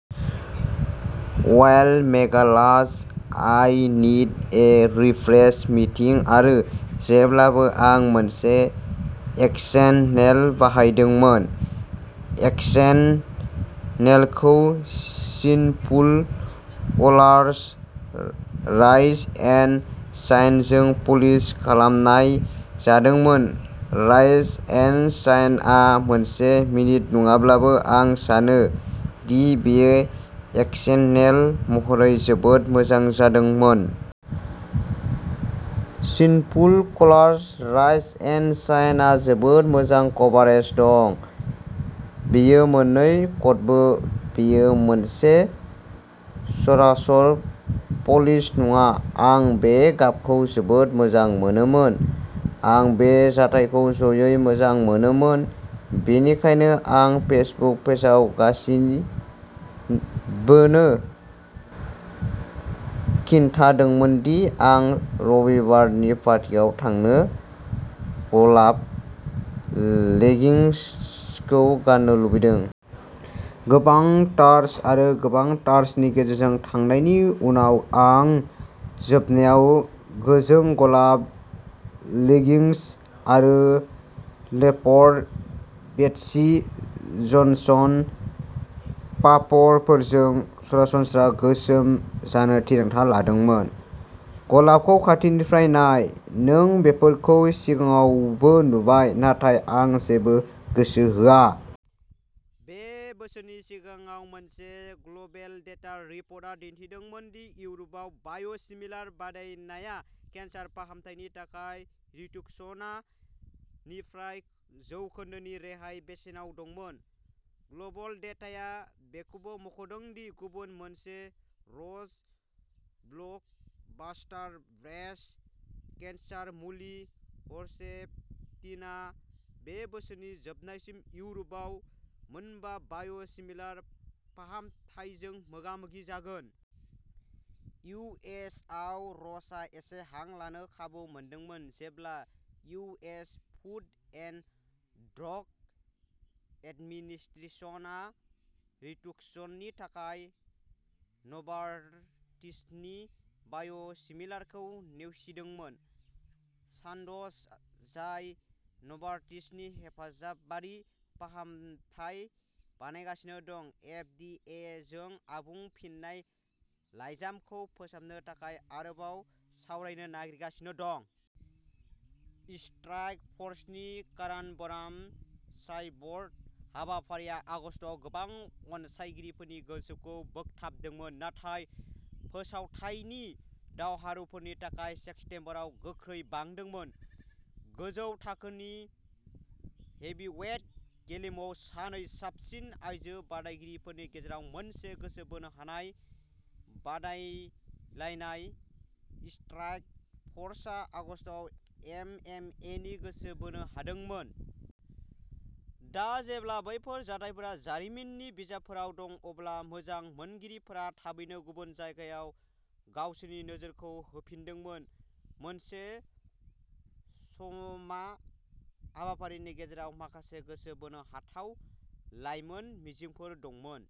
Wild Megalast "I need a refresh mint" आरो जेब्लाबो आं मोनसे एक्सेन्ट नेल बाहायदोंमोन। एक्सेन्ट नेलखौ सिनफुलकलार्स "राइज एन्ड शाइन" जों पलिश खालामनाय जादोंमोन। "राइज एन्ड शाइन" आ मोनसे मिन्ट नङाब्लाबो आं सानो दि बेयो एक्सेन्ट नेल महरै जोबोद मोजां जादोंमोन। सिनफुलकलार्स "राइज एन्ड शाइन" आ जोबोद मोजां कभारेज दं। बेयो मोन्नै कटबो। बेयो मोनसे सरासर पलिश नङा, आं बे गाबखौ जोबोद मोजां मोनोमोन। आं बे जथायखौ ज'यै मोजां मोनोमोन। बेनिखायनो, आं फेसबुक पेजआव गासिबोनो खिन्थादोंमोन दि आं सनिबारनि पार्टियाव आंनि गलाब लेगिंग्सखौ गान्नो लुबैदों। गोबां सार्ट्स आरो गोबां सार्ट्सनि गेजेरजों थांनायनि उनाव आं जोबनायाव गोजों गलाब लेगिंग्स आरो लेपर्ड बेटसी जनसन पाम्पफोरजों सरासनस्रा गोसोम जानो थिरांथा लादोंमोन। गलाबखौ खाथिनिफ्राय नाय। नों बेफोरखौ सिगाङावबो नुबाय, नाथाय आं जेबो गोसो होआ। बे बोसोरनि सिगाङाव मोनसे ग्ल'बेलडेटा रिपर्टआ दिन्थिदोंमोन दि इउर'पआव बाय'सिमिलार बादायलायनाया केन्सार फाहामथायनि थाखाय रितूक्सनआ निफ्राय जौखोन्दोनि रेहाय बेसेनाव दंमोन। ग्ल'बेलडेटाया बेखौबो मुंख'दों दि गुबुन मोनसे र'च ब्लकबास्टार, ब्रेस्ट केन्सार मुलि हर्सेप्टिनआ बे बोसोरनि जोबनायसिम इउर'पआव मोनबा बाय'सिमिलार फाहामथायजों मोगा-मोगि जागोन। इउ. एस. आव, र'चआ एसे हां लानो खाबु मोनदोंमोन जेब्ला U. S. Food and drug administration आ रितूक्सननि थाखाय नभार्टिसनि बाय'सिमिलारखौ नेवसिदोंमोन। सान्द'ज, जाय नभार्टिसनि हेफाजाबारि फाहामथाय बानायगासिनो दं, एफ. डि. ए. जों आबुं फिननाय लायजामखौ फोसाबनो थाखाय आरोबाव सावरायनो नागिरगासिनो दं। स्ट्राइकफ'र्सनि कारान'बनाम साइबर्ग हाबाफारिया आगस्तआव गोबां अनसायगिरिफोरनि गोसोखौ बोगथाबदोंमोन, नाथाय फोसावथायनि दावहारुफोरनि थाखाय सेप्टेम्बराव गोख्रै बांदोंमोन। गोजौ थाखोनि हेभिवेट गेलेमुआव सानै साबसिन आइजो बादायगिरिफोरनि गेजेराव मोनसे गोसो बोनो हानाय बादायलायनाय, स्ट्राइकफर्सआ आगस्तआव एमएमएनि गोसो बोनो हादोंमोन। दा जेब्ला बेफोर जाथायफोरा जारिमिननि बिजाबफोराव दं, अब्ला मोजां मोनगिरिफोरा थाबैनो गुबुन जायगायाव गावसोरनि नोजोरखौ होफिनदोंमोन, मोनसे श'म्मा हाबाफारिनि गेजेराव माखासे गोसो बोनो हाथाव लाइमोन मिजिंफोर दंमोन।